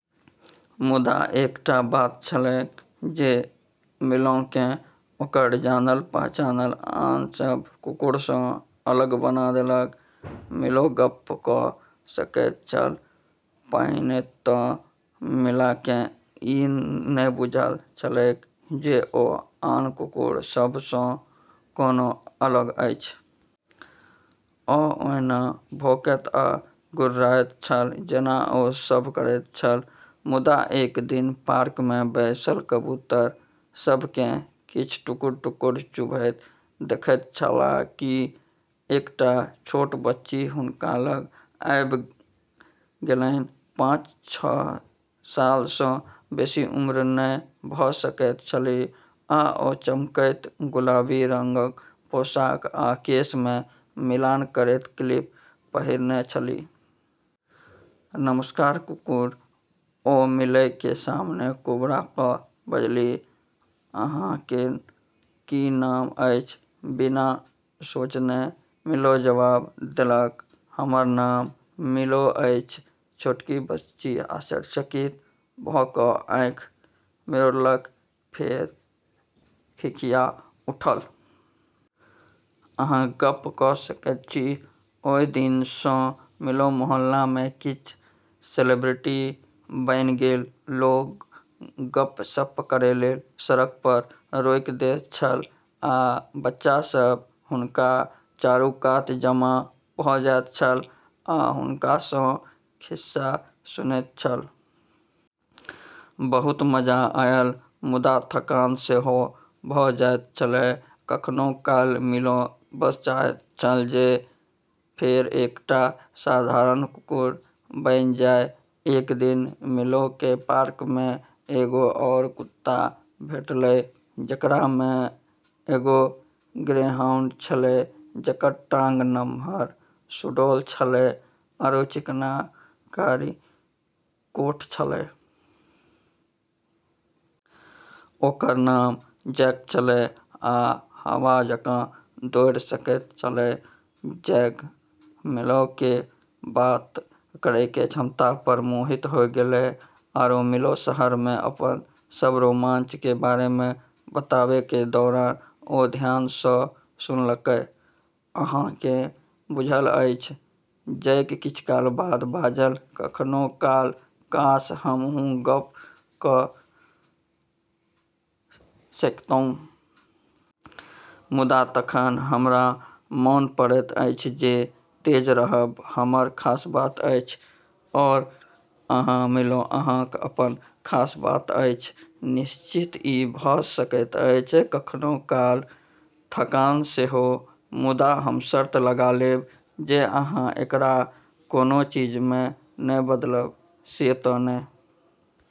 मुदा एकटा बात छलैक जे मिलोकेँ ओकर जानल-पहचानल आन सभ कुकुरसँ अलग बना देलक। मिलो गप्प क' सकैत छल। पहिने तऽ मिलोकेँ ई नहि बुझल छलैक जे ओ आन कुकुर सभसँ कोनो अलग अछि। ओ ओहिना भौंकैत आ गुर्राइत छल जेना ओ सभ करैत छल। मुदा एक दिन पार्कमे बैसल कबूतर सभकेँ किछ टुकड़-टुकड़ चुभैत देखैत छलाह, कि एकटा छोट बच्ची हुनका लग आबि गेलनि। पाँच-छह सालसँ बेसी उम्र नहि भ' सकैत छलीह, आ ओ चमकैत गुलाबी रंगक पोशाक आ केशमे मिलान करैत क्लिप पहिरने छलीह। "नमस्कार कुकुर" ओ मिलोके सामने कुबड़ा क' बजलीह। "अहाँके की नाम अछि? " बिना सोचने मिलो जवाब देलक, "हमर नाम मिलो अछि। " छोटकी बच्ची आश्चर्यचकित भ' क' आँखि मिड़ौलक, फेर खिखिआ उठल। "अहाँ गप्प क' सकैत छी! " ओहि दिन सँ मिलो मोहल्लामे किछ सेलिब्रिटी बनि गेल। लोक गप्प-सप्प करै लेल सड़क पर रोकि दैत छल, आ बच्चा सब हुनका चारू कात जमा भ' जाइत छल आ हुनकासँ खिस्सा सुनैत छल। बहुत मजा आयल, मुदा थकान सेहो भ' जाइत छले । कखनो काल मिलो बस चाहैत छल जे फेर एकटा साधारण कुकुर बनि जाइ । एक दिन मिलोके पार्कमे एगो आओर कुत्ता भेटलै, जेकरामे एगो ग्रेहाउंड छेलै, जेकर टांग नम्हर, सुडौल छलै आरो चिकना कारी कोट छलै। ओकर नाम जैक छलैक, आ हवा जकाँ दौड़ि सकैत छलैक। जैक मिलोके बात करैके क्षमता पर मोहित होइ गेलै, आरो मिलो शहरमे अपन सब रोमांचके बारेमे बताबैके दौरान ओ ध्यानसँ सुनलकै। "अहाँ केँ बुझल अछि," जैक किछ काल बाद बाजल, "कखनो काल काश, हमहूँ गप्प क' सकितहुँ। मुदा तखन हमरा मोन पड़ैत अछि जे तेज रहब हमर खास बात अछि। आओर अहाँ, मिलो, अहाँक अपन खास बात अछि। निश्चित, ई भ' सकैत अछि. " कखनो काल थकान सेहो, मुदा हम शर्त लगा लेब जे अहाँ एकरा कोनो चीजमे नहि बदलब, से त' नहि?